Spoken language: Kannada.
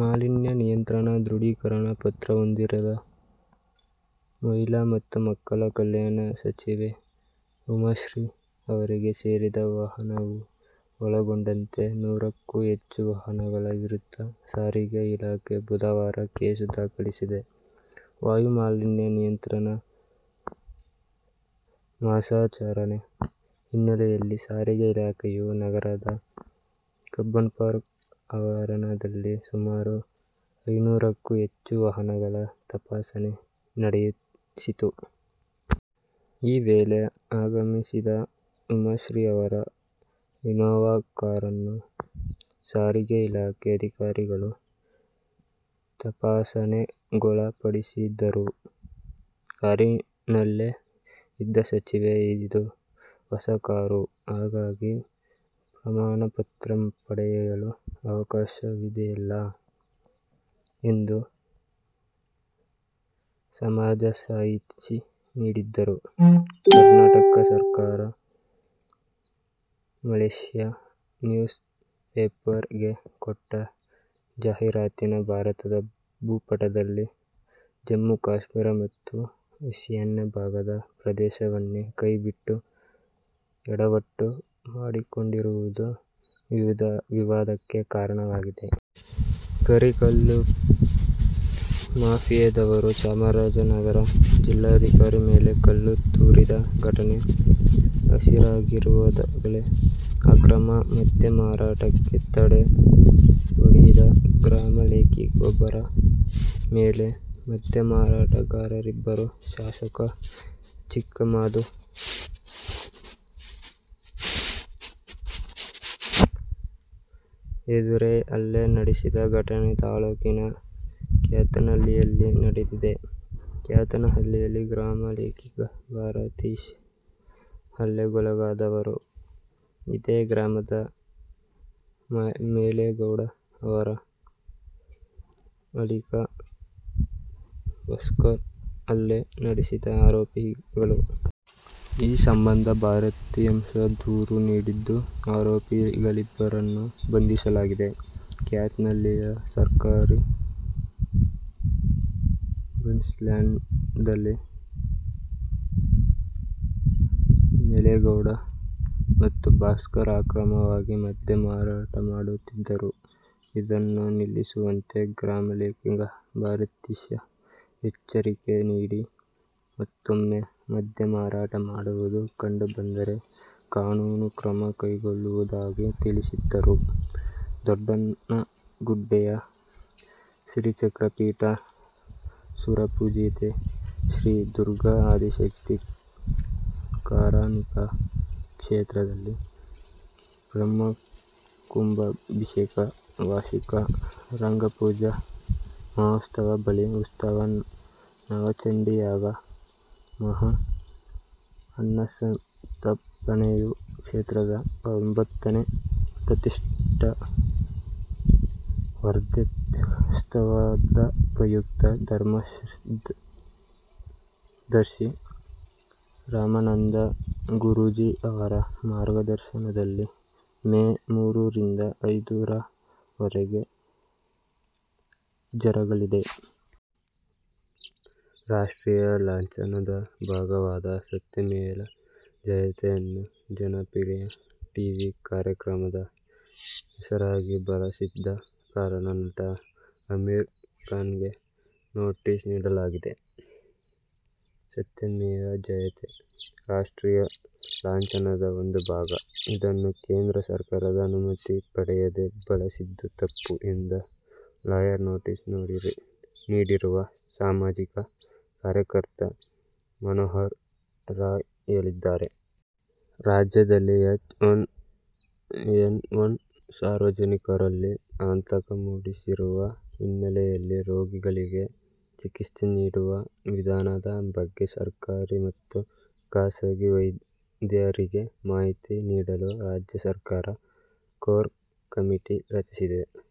ಮಾಲಿನ್ಯ ನಿಯಂತ್ರಣ ದೃಢೀಕರಣ ಪತ್ರ ಹೊಂದಿರದ ಮಹಿಳಾ ಮತ್ತು ಮಕ್ಕಳ ಕಲ್ಯಾಣ ಸಚಿವೆ ಉಮಾಶ್ರೀ ಅವರಿಗೆ ಸೇರಿದ ವಾಹನವೂ ಒಳಗೊಂಡಂತೆ ನೂರಕ್ಕೂ ಹೆಚ್ಚು ವಾಹನಗಳ ವಿರುದ್ಧ ಸಾರಿಗೆ ಇಲಾಖೆ ಬುಧವಾರ ಕೇಸು ದಾಖಲಿಸಿದೆ. ವಾಯುಮಾಲಿನ್ಯ ನಿಯಂತ್ರಣ ಮಾಸಾಚರಣೆ ಹಿನ್ನೆಲೆಯಲ್ಲಿ ಸಾರಿಗೆ ಇಲಾಖೆಯು ನಗರದ ಕಬ್ಬನ್ಪಾರ್ಕ್ ಆವರಣದಲ್ಲಿ ಸುಮಾರು ಐನ್ನೂರಕ್ಕೂ ಹೆಚ್ಚು ವಾಹನಗಳ ತಪಾಸಣೆ ನಡೆಸಿತು. ಈ ವೇಳೆ ಆಗಮಿಸಿದ ಉಮಾಶ್ರೀ ಅವರ ಇನೋವಾ ಕಾರನ್ನು ಸಾರಿಗೆ ಇಲಾಖೆ ಅಧಿಕಾರಿಗಳು ತಪಾಸಣೆಗೊಳಪಡಿಸಿದರು. ಕಾರಿನಲ್ಲೇ ಇದ್ದ ಸಚಿವೆ, ಇದು ಹೊಸ ಕಾರು. ಹಾಗಾಗಿ, ಪ್ರಮಾಣಪತ್ರ ಪಡೆಯಲು ಅವಕಾಶವಿದೆಯಲ್ಲಾ? ಎಂದು ಸಮಜಾಯಿಷಿ ನೀಡಿದರು. ಕರ್ನಾಟಕ ಸರ್ಕಾರ ಮಲೇಷ್ಯಾ ನ್ಯೂಸ್ ಪೇಪರ್ ಗೆ ಕೊಟ್ಟ ಜಾಹೀರಾತಿನ ಭಾರತದ ಭೂಪಟದಲ್ಲಿ ಜಮ್ಮು-ಕಾಶ್ಮೀರ ಮತ್ತು ಈಶಾನ್ಯ ಭಾಗದ ಪ್ರದೇಶವನ್ನೇ ಕೈಬಿಟ್ಟು ಯಡವಟ್ಟು ಮಾಡಿಕೊಂಡಿರುವುದು ವಿವಾದಕ್ಕೆ ಕಾರಣವಾಗಿದೆ. ಕರಿ ಕಲ್ಲು ಮಾಫಿಯಾದವರು ಚಾಮರಾಜನಗರ ಜಿಲ್ಲಾಧಿಕಾರಿ ಮೇಲೆ ಕಲ್ಲು ತೂರಿದ್ದ ಘಟನೆ ಹಸಿರಾಗಿರುವಾಗಲೇ, ಅಕ್ರಮ ಮದ್ಯ ಮಾರಾಟಕ್ಕೆ ತಡೆಯೊಡ್ಡಿದಗ್ರಾಮಲೆಕ್ಕಿಗರೊಬ್ಬರ ಮೇಲೆ ಮದ್ಯಮಾರಾಟಗಾರರಿಬ್ಬರು ಶಾಸಕ ಚಿಕ್ಕಮಾದು ಎದುರೇ ಹಲ್ಲೆ ನಡೆಸಿದ ಘಟನೆ ತಾಲೂಕಿನ ಕ್ಯಾತನಹಳ್ಳಿಯಲ್ಲಿ ನಡೆದಿದೆ. ಕ್ಯಾತನಹಳ್ಳಿ ಗ್ರಾಮಲೆಕ್ಕಿಗ ಭಾರತೀಶ ಹಲ್ಲೆಗೊಳಗಾದವರು. ಇದೇ ಗ್ರಾಮದ ಮಾಲೇಗೌಡ, ಅವರ ಅಳಿಕ ಭಾಸ್ಕರ್ ಹಲ್ಲೆ ನಡೆಸಿದ ಆರೋಪಿಗಳು. ಈ ಸಂಬಂಧ ಭಾರತೀಶ ದೂರು ನೀಡಿದ್ದು, ಆರೋಪಿಗಳಿಬ್ಬರನ್ನು ಬಂಧಿಸಲಾಗಿದೆ. ಕ್ಯಾತನಹಳ್ಳಿಯ ಸರ್ಕಾರಿ ಬಸ್ನಿಲ್ದಾಣದಲ್ಲಿ ಮಾಲೇಗೌಡ ಮತ್ತು ಭಾಸ್ಕರ್ ಅಕ್ರಮವಾಗಿ ಮದ್ಯ ಮಾರಾಟಮಾಡುತ್ತಿದ್ದರು. ಇದನ್ನು ನಿಲ್ಲಿಸುವಂತೆ ಗ್ರಾಮಲೆಕ್ಕಿಗ ಭಾರತೀಶ ಎಚ್ಚರಿಕೆ ನೀಡಿ, ಮತ್ತೂಮ್ಮೆ ಮದ್ಯ ಮಾರಾಟ ಮಾಡುವುದು ಕಂಡುಬಂದರೆ ಕಾನೂನು ಕ್ರಮ ಕೈಗೊಳ್ಳುವುದಾಗಿ ತಿಳಿಸಿದ್ದರು. ದೊಡ್ಡಣಗುಡ್ಡೆಯ ಶ್ರೀಚಕ್ರಪೀಠ ಸುರಪೂಜಿತೆ ಶ್ರೀ ದುರ್ಗಾ ಆದಿಶಕ್ತಿ ಕಾರಣಿಕ ಕ್ಷೇತ್ರದಲ್ಲಿ ಬ್ರಹ್ಮಕುಂಭಾಭಿಷೇಕ, ವಾರ್ಷಿಕ ರಂಗಪೂಜಾ ಮಹೋತ್ಸವ, ಬಲಿ ಉತ್ಸವ, ನವಚಂಡೀಯಾಗ, ಮಹಾ ಅನ್ನಸಂತರ್ಪಣೆಯು ಕ್ಷೇತ್ರದ ಒಂಬ್ಬತ್ತನೇ ಪ್ರತಿಷ್ಠಾ ವರ್ಧಂತ್ಯುತ್ಸವದ ಪ್ರಯುಕ್ತ ಧರ್ಮದರ್ಶಿ ರಮಾನಂದ ಗುರೂಜೀ ಅವರ ಮಾರ್ಗದರ್ಶನದಲ್ಲಿ ಮೇ ಮೂರು ರಿಂದ ಐದು ರ ವರೆಗೆ ಜರಗಲಿದೆ. ರಾಷ್ಟ್ರೀಯ ಲಾಂಛನದ ಭಾಗವಾದ ಸತ್ಯಮೇವ ಜಯತೆಯನ್ನು ಜನಪ್ರಿಯ ಟೀವಿ ಕಾರ್ಯಕ್ರಮದ ಹೆಸರಾಗಿ ಬಳಸಿದ್ದ ಕಾರಣ ನಟ ಅಮೀರ್ ಖಾನ್ಗೆ ನೋಟಿಸ್ ನೀಡಲಾಗಿದೆ. ಸತ್ಯಮೇವ ಜಯತೇ ರಾಷ್ಟ್ರೀಯ ಲಾಂಛನದ ಒಂದು ಭಾಗ, ಇದನ್ನು ಕೇಂದ್ರ ಸರ್ಕಾರದ ಅನುಮತಿ ಪಡೆಯದೇ ಬಳಸಿದ್ದು ತಪ್ಪು ಎಂದು ಲಾಯರ್ ನೋಟಿಸ್ ನೀಡಿರುವ ಸಾಮಾಜಿಕ ಕಾರ್ಯಕರ್ತ ಮನೋಹರ್ ರಾಯ್ ಹೇಳಿದ್ದಾರೆ. ರಾಜ್ಯದಲ್ಲಿ ಎಚ್ ಒನ್ ಎನ್ ಒನ್ ಸಾರ್ವಜನಿಕರಲ್ಲಿ ಆತಂಕ ಮೂಡಿಸಿರುವ ಹಿನ್ನೆಲೆಯಲ್ಲಿ ರೋಗಿಗಳಿಗೆ ಚಿಕಿತ್ಸೆ ನೀಡುವ ವಿಧಾನದ ಬಗ್ಗೆ ಸರ್ಕಾರಿ ಮತ್ತು ಖಾಸಗಿ ವೈದ್ಯರಿಗೆ ಮಾಹಿತಿ ನೀಡಲು ರಾಜ್ಯ ಸರ್ಕಾರ ಕೋರ್ ಕಮಿಟಿ ರಚಿಸಿದೆ.